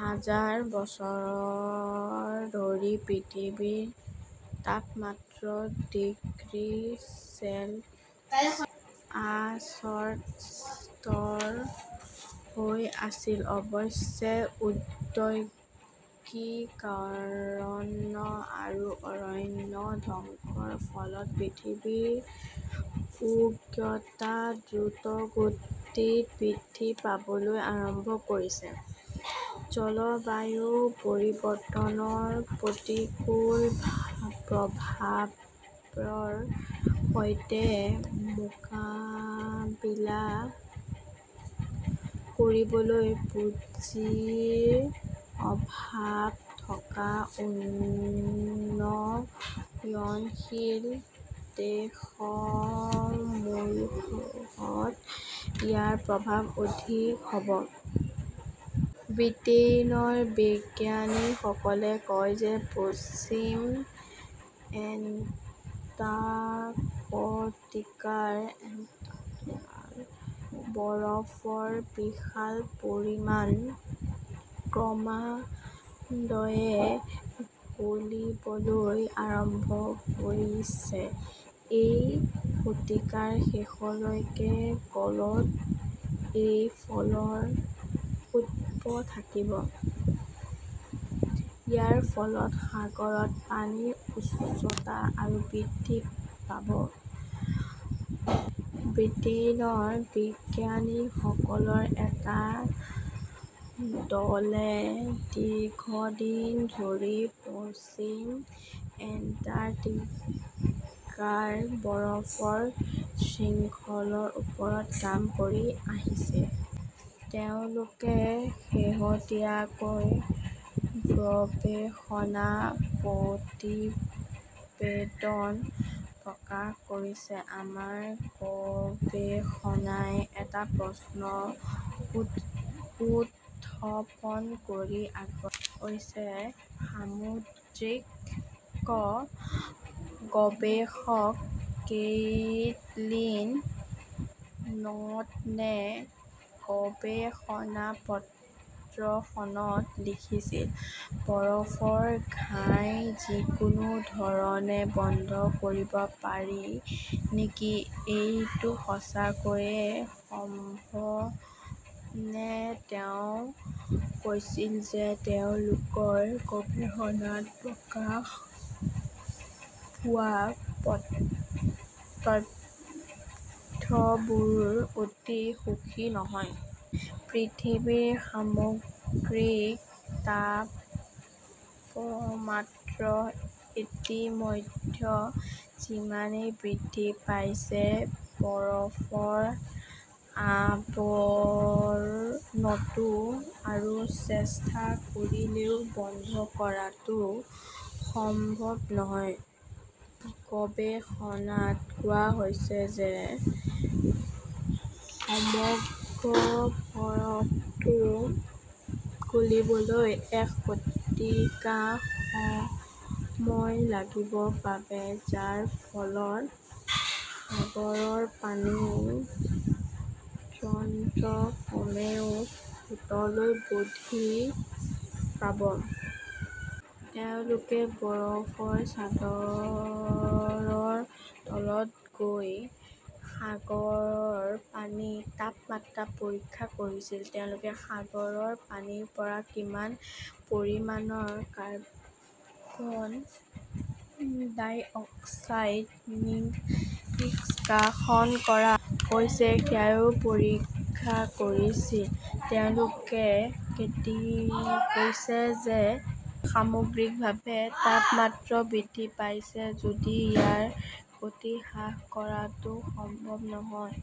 হাজাৰ বছৰ ধৰি পৃথিৱীৰ তাপমাত্ৰা ডিগ্ৰী চেলছিয়াছত স্থিৰ হৈ আছিল। অৱশ্যে, ঔদ্যোগিকৰণ আৰু অৰণ্য ধ্বংসৰ ফলত পৃথিৱীৰ উষ্ণতা দ্ৰুতগতিত বৃদ্ধি পাবলৈ আৰম্ভ কৰিছে। জলবায়ু পৰিৱৰ্তনৰ প্ৰতিকূল প্ৰভাৱৰ সৈতে মোকাবিলা কৰিবলৈ পুঁজিৰ অভাৱ থকা উন্নয়নশীল দেশসমূহত ইয়াৰ প্ৰভাৱ অধিক হ’ব। ব্ৰিটেইনৰ বিজ্ঞানীসকলে কয় যে পশ্চিম এণ্টাৰ্কটিকাৰ বৰফৰ বিশাল পৰিমাণ ক্ৰমান্বয়ে গলিবলৈ আৰম্ভ কৰিছে। এই শতিকাৰ শেষলৈকে গলত সেই বৰফৰ স্তুপ থাকিব। ইয়াৰ ফলত সাগৰত পানীৰ উচ্চতা আৰু বৃদ্ধি পাব। ব্ৰিটেইনৰ বিজ্ঞানীসকলৰ এটা দলে দীৰ্ঘদিন ধৰি পশ্চিম এণ্টাৰ্কটিকাৰ বৰফৰ শৃংখলৰ ওপৰত কাম কৰি আহিছে। তেওঁলোকে শেহতীয়াকৈ গৱেষণা প্ৰতিবেদন প্ৰকাশ কৰিছে। আমাৰ গৱেষণাই এটা প্ৰশ্ন উত্থাপন কৰি আগবাঢ়ি গৈছে, সামুদ্ৰিক গৱেষক কেটলীন নটনে গৱেষণাপত্ৰখনত লিখিছিল। বৰফৰ ঘাঁহ যিকোনো ধৰণে বন্ধ কৰিব পাৰি নেকি এইটো সঁচাকৈয়ে সম্ভৱনে তেওঁ কৈছিল যে তেওঁলোকৰ গৱেষণাত প্ৰকাশ পোৱা তথ্যবোৰ অতি সুখী নহয়। পৃথিৱীৰ সামগ্ৰিক তাপমাত্ৰা ইতিমধ্যে যিমানেই বৃদ্ধি পাইছে, বৰফৰ আৱৰণটো আৰু চেষ্টা কৰিলেও বন্ধ কৰাটো সম্ভৱ নহয়। গৱেষণাত কোৱা হৈছে যে সমগ্ৰ বৰফটো গলিবলৈ এক শতিকা সময় লাগিব পাৰে, যাৰ ফলত সাগৰৰ পানীৰ স্তৰ কমেও ফুটলৈ বৃদ্ধি পাব। তেওঁলোকে বৰফৰ চাদৰৰ তলত গৈ সাগৰৰ পানীৰ তাপমাত্ৰা পৰীক্ষা কৰিছিল। তেওঁলোকে সাগৰৰ পানীৰ পৰা কিমান পৰিমাণৰ কাৰ্বন ডাই অক্সাইড নিষ্কাশন কৰা হৈছে সেয়াও পৰীক্ষা কৰিছিল। তেওঁলোকে কৈছিল যে সামগ্ৰিকভাৱে তাপমাত্ৰা বৃদ্ধি পাইছে। যদি ইয়াৰ গতি হ্ৰাস কৰাটো সম্ভৱ হয়,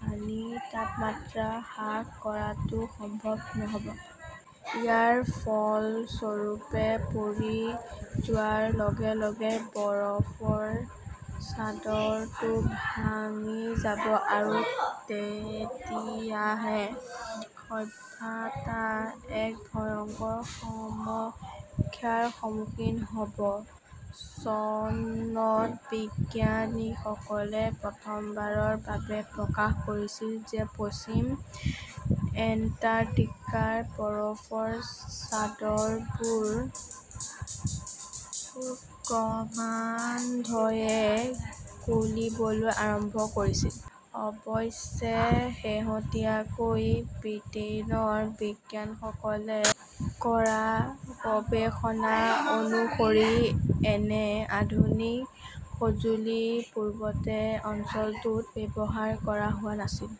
পানীৰ তাপমাত্ৰা হ্ৰাস কৰাটো সম্ভৱ নহ’ব। ইয়াৰ ফলস্বৰূপে পৰি যোৱাৰ লগে লগে বৰফৰ চাদৰটো ভাঙি যাব। আৰু তেতিয়াহে সভ্যতাই এক ভয়ংকৰ সমস্যাৰ সন্মুখীন হ’ব। চনত বিজ্ঞানীসকলে প্ৰথমবাৰৰ বাবে প্ৰকাশ কৰিছিল যে পশ্চিম এণ্টাৰ্কটিকাৰ বৰফৰ চাদৰবোৰ ক্ৰমান্বয়ে গলিবলৈ আৰম্ভ কৰিছে। অৱশ্যে, শেহতীয়াকৈ ব্ৰিটেইনৰ বিজ্ঞানীসকলে কৰা গৱেষণা অনুসৰি, এনে আধুনিক সঁজুলি পূৰ্বতে অঞ্চলটোত ব্যৱহাৰ কৰা হোৱা নাছিল।